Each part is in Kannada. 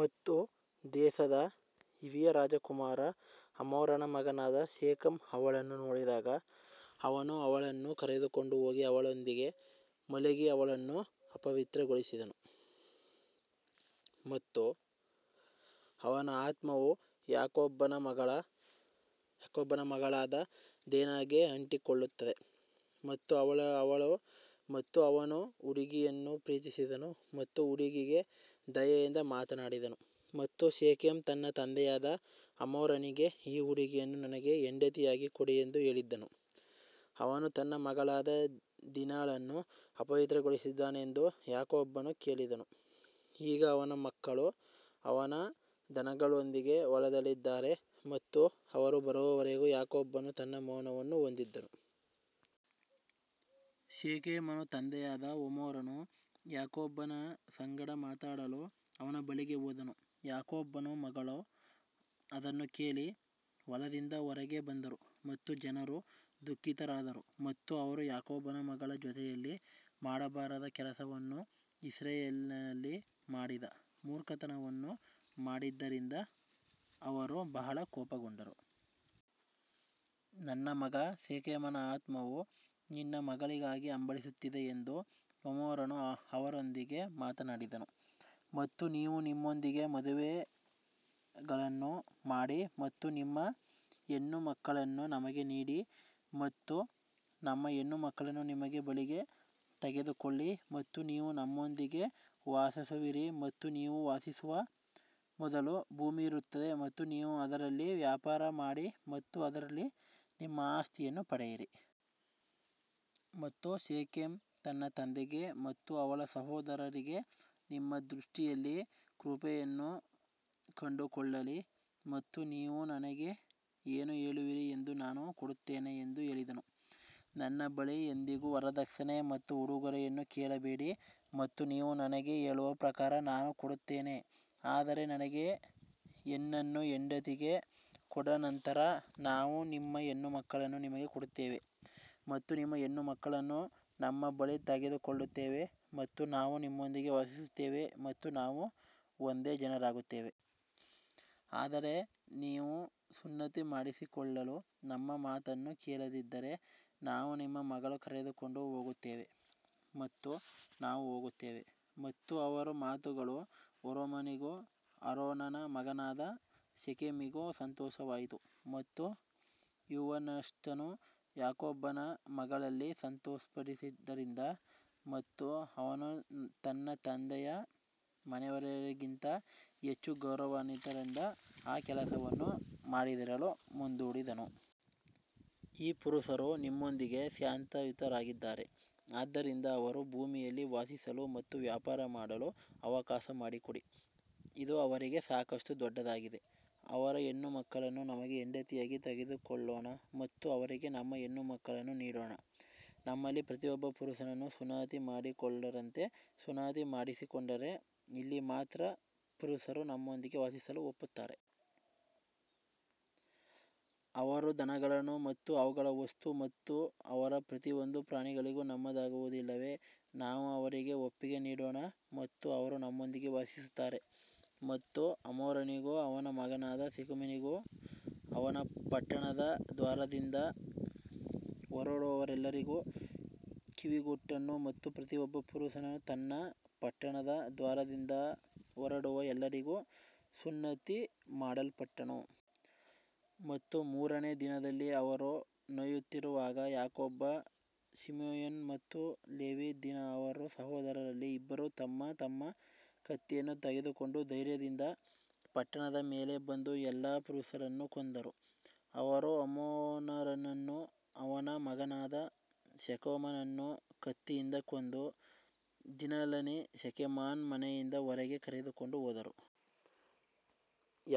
ಮತ್ತು ದೇಶದ ಹಿವಿಯ ರಾಜಕುಮಾರ ಹಮೋರನ ಮಗನಾದ ಶೆಕೆಮ್ ಅವಳನ್ನು ನೋಡಿದಾಗ ಅವನು ಅವಳನ್ನು ಕರೆದುಕೊಂಡು ಹೋಗಿ ಅವಳೊಂದಿಗೆ ಮಲಗಿ ಅವಳನ್ನು ಅಪವಿತ್ರಗೊಳಿಸಿದನು. ಮತ್ತು ಅವನ ಆತ್ಮವು ಯಾಕೋಬನ ಮಗಳಾದ ದೀನಾಗೆ ಅಂಟಿಕೊಳ್ಳುತ್ತದೆ ಮತ್ತು ಅವನು ಹುಡುಗಿಯನ್ನು ಪ್ರೀತಿಸಿದನು ಮತ್ತು ಹುಡುಗಿಗೆ ದಯೆಯಿಂದ ಮಾತನಾಡಿದನು. ಮತ್ತು ಶೆಕೆಮ್ ತನ್ನ ತಂದೆಯಾದ ಹಮೋರನಿಗೆ ಈ ಹುಡುಗಿಯನ್ನು ನನಗೆ ಹೆಂಡತಿಯಾಗಿ ಕೊಡು ಎಂದು ಹೇಳಿದನು ಅವನು ತನ್ನ ಮಗಳಾದ ದೀನಳನ್ನು ಅಪವಿತ್ರಗೊಳಿಸಿದ್ದಾನೆಂದು ಯಾಕೋಬನು ಕೇಳಿದನು, ಈಗ ಅವನ ಮಕ್ಕಳು ಅವನ ದನಗಳೊಂದಿಗೆ ಹೊಲದಲ್ಲಿದ್ದಾರೆ ಮತ್ತು ಅವರು ಬರುವವರೆಗೂ ಯಾಕೋಬನು ತನ್ನ ಮೌನವನ್ನು ಹೊಂದಿದ್ದನು. ಶೆಕೆಮನ ತಂದೆಯಾದ ಹಮೋರನು ಯಾಕೋಬನ ಸಂಗಡ ಮಾತಾಡಲು ಅವನ ಬಳಿಗೆ ಹೋದನು ಯಾಕೋಬನ ಮಕ್ಕಳು ಅದನ್ನು ಕೇಳಿ ಹೊಲದಿಂದ ಹೊರಗೆ ಬಂದರು ಮತ್ತು ಜನರು ದುಃಖಿತರಾದರು ಮತ್ತು ಅವರು ಯಾಕೋಬನ ಮಗಳ ಜೊತೆಯಲ್ಲಿ ಮಾಡಬಾರದ ಕೆಲಸವನ್ನು ಇಸ್ರಾಯೇಲಿನಲ್ಲಿ ಮಾಡಿದ ಮೂರ್ಖತನವನ್ನು ಮಾಡಿದ್ದರಿಂದ ಅವರು ಬಹಳ ಕೋಪಗೊಂಡರು. ನನ್ನ ಮಗ ಶೆಕೆಮನ ಆತ್ಮವು ನಿನ್ನ ಮಗಳಿಗಾಗಿ ಹಂಬಲಿಸುತ್ತಿದೆ ಎಂದು ಹಮೋರನು ಅವರೊಂದಿಗೆ ಮಾತಾಡಿದನು. ಮತ್ತು ನೀವು ನಮ್ಮೊಂದಿಗೆ ಮದುವೆಗಳನ್ನು ಮಾಡಿ ಮತ್ತು ನಿಮ್ಮ ಹೆಣ್ಣುಮಕ್ಕಳನ್ನು ನಮಗೆ ನೀಡಿ ಮತ್ತು ನಮ್ಮ ಹೆಣ್ಣುಮಕ್ಕಳನ್ನು ನಿಮ್ಮ ಬಳಿಗೆ ತೆಗೆದುಕೊಳ್ಳಿ ಮತ್ತು ನೀವು ನಮ್ಮೊಂದಿಗೆ ವಾಸಿಸುವಿರಿ ಮತ್ತು ನೀವು ವಾಸಿಸುವ ಮೊದಲು ಭೂಮಿ ಇರುತ್ತದೆ ಮತ್ತು ನೀವು ಅದರಲ್ಲಿ ವ್ಯಾಪಾರ ಮಾಡಿ ಮತ್ತು ಅದರಲ್ಲಿ ನಿಮ್ಮ ಆಸ್ತಿಯನ್ನು ಪಡೆಯುತ್ತೀರಿ. ಮತ್ತು ಶೆಕೆಮ್ ತನ್ನ ತಂದೆಗೆ ಮತ್ತು ಅವಳ ಸಹೋದರರಿಗೆ ನಿಮ್ಮ ದೃಷ್ಟಿಯಲ್ಲಿ ಕೃಪೆಯನ್ನು ಕಂಡುಕೊಳ್ಳಲಿ ಮತ್ತು ನೀವು ನನಗೆ ಏನು ಹೇಳುವಿರಿ ಎಂದು ನಾನು ಕೊಡುತ್ತೇನೆ ಎಂದು ಹೇಳಿದನು. ನನ್ನ ಬಳಿ ಎಂದಿಗೂ ವರದಕ್ಷಿಣೆ ಮತ್ತು ಉಡುಗೊರೆಯನ್ನು ಕೇಳಬೇಡಿ ಮತ್ತು ನೀವು ನನಗೆ ಹೇಳುವ ಪ್ರಕಾರ ನಾನು ಕೊಡುತ್ತೇನೆ ಆದರೆ ನನಗೆ ಹೆಣ್ಣನ್ನು ಹೆಂಡತಿಗೆ ಕೊಡು ನಂತರ ನಾವು ನಮ್ಮ ಹೆಣ್ಣುಮಕ್ಕಳನ್ನು ನಿಮಗೆ ಕೊಡುತ್ತೇವೆ ಮತ್ತು ನಿಮ್ಮ ಹೆಣ್ಣುಮಕ್ಕಳನ್ನು ನಮ್ಮ ಬಳಿಗೆ ತೆಗೆದುಕೊಳ್ಳುತ್ತೇವೆ ಮತ್ತು ನಾವು ನಿಮ್ಮೊಂದಿಗೆ ವಾಸಿಸುತ್ತೇವೆ ಮತ್ತು ನಾವು ಒಂದೇ ಜನರಾಗುತ್ತೇವೆ. ಆದರೆ ನೀವು ಸುನ್ನತಿ ಮಾಡಿಸಿಕೊಳ್ಳಲು ನಮ್ಮ ಮಾತನ್ನು ಕೇಳದಿದ್ದರೆ ನಾವು ನಮ್ಮ ಮಗಳನ್ನು ಕರೆದುಕೊಂಡು ಹೋಗುತ್ತೇವೆ ಮತ್ತು ನಾವು ಹೋಗುತ್ತೇವೆ. ಮತ್ತು ಅವರ ಮಾತುಗಳು ಹಮೋರನಿಗೂ ಹಮೋರನ ಮಗನಾದ ಶೆಕೆಮಿಗೂ ಸಂತೋಷವಾಯಿತು ಮತ್ತು ಯೌವನಸ್ಥನು ಯಾಕೋಬನ ಮಗಳಲ್ಲಿ ಸಂತೋಷಪಟ್ಟಿದ್ದರಿಂದ ಮತ್ತು ಅವನು ತನ್ನ ತಂದೆಯ ಮನೆಯವರೆಲ್ಲರಿಗಿಂತ ಹೆಚ್ಚು ಗೌರವಾನ್ವಿತನಾಗಿದ್ದರಿಂದ ಆ ಕೆಲಸವನ್ನು ಮಾಡದಿರಲು ಮುಂದೂಡಿದನು. ಈ ಪುರುಷರು ನಮ್ಮೊಂದಿಗೆ ಶಾಂತಿಯುತರಾಗಿದ್ದಾರೆ, ಆದ್ದರಿಂದ ಅವರು ಭೂಮಿಯಲ್ಲಿ ವಾಸಿಸಲು ಮತ್ತು ವ್ಯಾಪಾರ ಮಾಡಲು ಅವಕಾಶ ಮಾಡಿಕೊಡಿ, ಇದು ಅವರಿಗೆ ಸಾಕಷ್ಟು ದೊಡ್ಡದಾಗಿದೆ, ಅವರ ಹೆಣ್ಣುಮಕ್ಕಳನ್ನು ನಮಗೆ ಹೆಂಡತಿಯಾಗಿ ತೆಗೆದುಕೊಳ್ಳೋಣ ಮತ್ತು ಅವರಿಗೆ ನಮ್ಮ ಹೆಣ್ಣುಮಕ್ಕಳನ್ನು ನೀಡೋಣ. ನಮ್ಮಲ್ಲಿ ಪ್ರತಿಯೊಬ್ಬ ಪುರುಷನು ಸುನ್ನತಿ ಮಾಡಿಸಿಕೊಂಡಂತೆ ಸುನ್ನತಿ ಮಾಡಿಸಿಕೊಂಡರೆ ಇಲ್ಲಿ ಮಾತ್ರ ಪುರುಷರು ನಮ್ಮೊಂದಿಗೆ ವಾಸಿಸಲು ಒಪ್ಪುತ್ತಾರೆ. ಅವರ ದನಗಳು ಮತ್ತು ಅವುಗಳ ವಸ್ತು ಮತ್ತು ಅವರ ಪ್ರತಿಯೊಂದು ಪ್ರಾಣಿಗಳು ನಮ್ಮದಾಗುವುದಿಲ್ಲವೇ ನಾವು ಅವರಿಗೆ ಒಪ್ಪಿಗೆ ನೀಡೋಣ ಮತ್ತು ಅವರು ನಮ್ಮೊಂದಿಗೆ ವಾಸಿಸುತ್ತಾರೆ ಮತ್ತು ಹಮೋರನಿಗೂ ಅವನ ಮಗನಾದ ಶೆಕೆಮಿನಿಗೂ ಅವನ ಪಟ್ಟಣದ ದ್ವಾರದಿಂದ ಹೊರಡುವವರೆಲ್ಲರಿಗೂ ಕಿವಿಗೊಟ್ಟನು ಮತ್ತು ಪ್ರತಿಯೊಬ್ಬ ಪುರುಷನು ತನ್ನ ಪಟ್ಟಣದ ದ್ವಾರದಿಂದ ಹೊರಡುವ ಎಲ್ಲರಿಗೂ ಸುನ್ನತಿ ಮಾಡಲ್ಪಟ್ಟನು. ಮತ್ತು ಮೂರನೆಯ ದಿನದಲ್ಲಿ ಅವರು ನೋಯುತ್ತಿರುವಾಗ ಯಾಕೋಬ ಸಿಮೆಯೋನ್ ಮತ್ತು ಲೇವಿ ದೀನ ಅವರ ಸಹೋದರರಲ್ಲಿ ಇಬ್ಬರು ತಮ್ಮ ತಮ್ಮ ಕತ್ತಿಯನ್ನು ತೆಗೆದುಕೊಂಡು ಧೈರ್ಯದಿಂದ ಪಟ್ಟಣದ ಮೇಲೆ ಬಂದು ಎಲ್ಲಾ ಪುರುಷರನ್ನು ಕೊಂದರು. ಅವರು ಹಮೋರನನ್ನೂ ಅವನ ಮಗನಾದ ಶೆಕೆಮನನ್ನೂ ಕತ್ತಿಯಿಂದ ಕೊಂದು ದೀನಳನ್ನು ಶೆಕೆಮನ ಮನೆಯಿಂದ ಹೊರಗೆ ಕರೆದುಕೊಂಡು ಹೋದರು.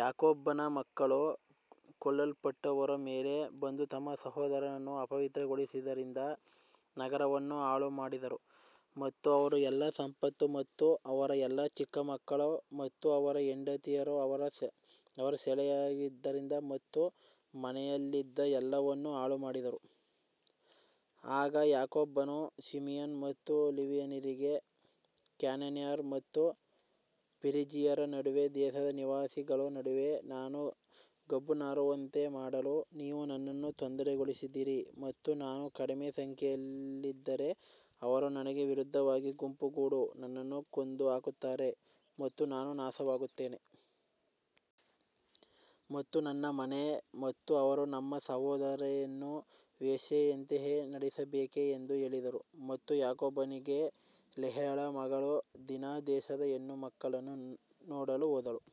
ಯಾಕೋಬನ ಮಕ್ಕಳು ಕೊಲ್ಲಲ್ಪಟ್ಟವರ ಮೇಲೆ ಬಂದು ತಮ್ಮ ಸಹೋದರಿಯನ್ನು ಅಪವಿತ್ರಗೊಳಿಸಿದ್ದರಿಂದ ನಗರವನ್ನು ಹಾಳುಮಾಡಿದರು. ಮತ್ತು ಅವರ ಎಲ್ಲಾ ಸಂಪತ್ತು ಮತ್ತು ಅವರ ಎಲ್ಲಾ ಚಿಕ್ಕ ಮಕ್ಕಳು ಮತ್ತು ಅವರ ಹೆಂಡತಿಯರು ಅವರು ಸೆರೆಯಾಳಾಗಿದ್ದರು ಮತ್ತು ಮನೆಯಲ್ಲಿದ್ದ ಎಲ್ಲವನ್ನೂ ಹಾಳುಮಾಡಿದರು. ಆಗ ಯಾಕೋಬನು ಸಿಮಿಯೋನ್ ಮತ್ತು ಲೇವಿಯರಿಗೆ, ಕಾನಾನ್ಯರ ಮತ್ತು ಪೆರಿಜ್ಜೀಯರ ನಡುವೆ ದೇಶದ ನಿವಾಸಿಗಳ ನಡುವೆ ನಾನು ಗಬ್ಬು ನಾರುವಂತೆ ಮಾಡಲು ನೀವು ನನ್ನನ್ನು ತೊಂದರೆಗೊಳಿಸಿದ್ದೀರಿ ಮತ್ತು ನಾನು ಕಡಿಮೆ ಸಂಖ್ಯೆಯಲ್ಲಿದ್ದರೆ ಅವರು ನನಗೆ ವಿರುದ್ಧವಾಗಿ ಗುಂಪುಗೂಡಿ ನನ್ನನ್ನು ಕೊಂದುಹಾಕುತ್ತಾರೆ ಮತ್ತು ನಾನು ನಾಶವಾಗುತ್ತೇನೆ. ಮತ್ತು ನನ್ನ ಮನೆ ಮತ್ತು ಅವರು ನಮ್ಮ ಸಹೋದರಿಯನ್ನು ವೇಶ್ಯೆಯಂತೆಯೇ ನಡೆಸಬೇಕೇ ಎಂದು ಹೇಳಿದರು ಮತ್ತು ಯಾಕೋಬನಿಗೆ ಲೇಯಳ ಮಗಳು ದೀನಾ ದೇಶದ ಹೆಣ್ಣುಮಕ್ಕಳನ್ನು ನೋಡಲು ಹೋದಳು.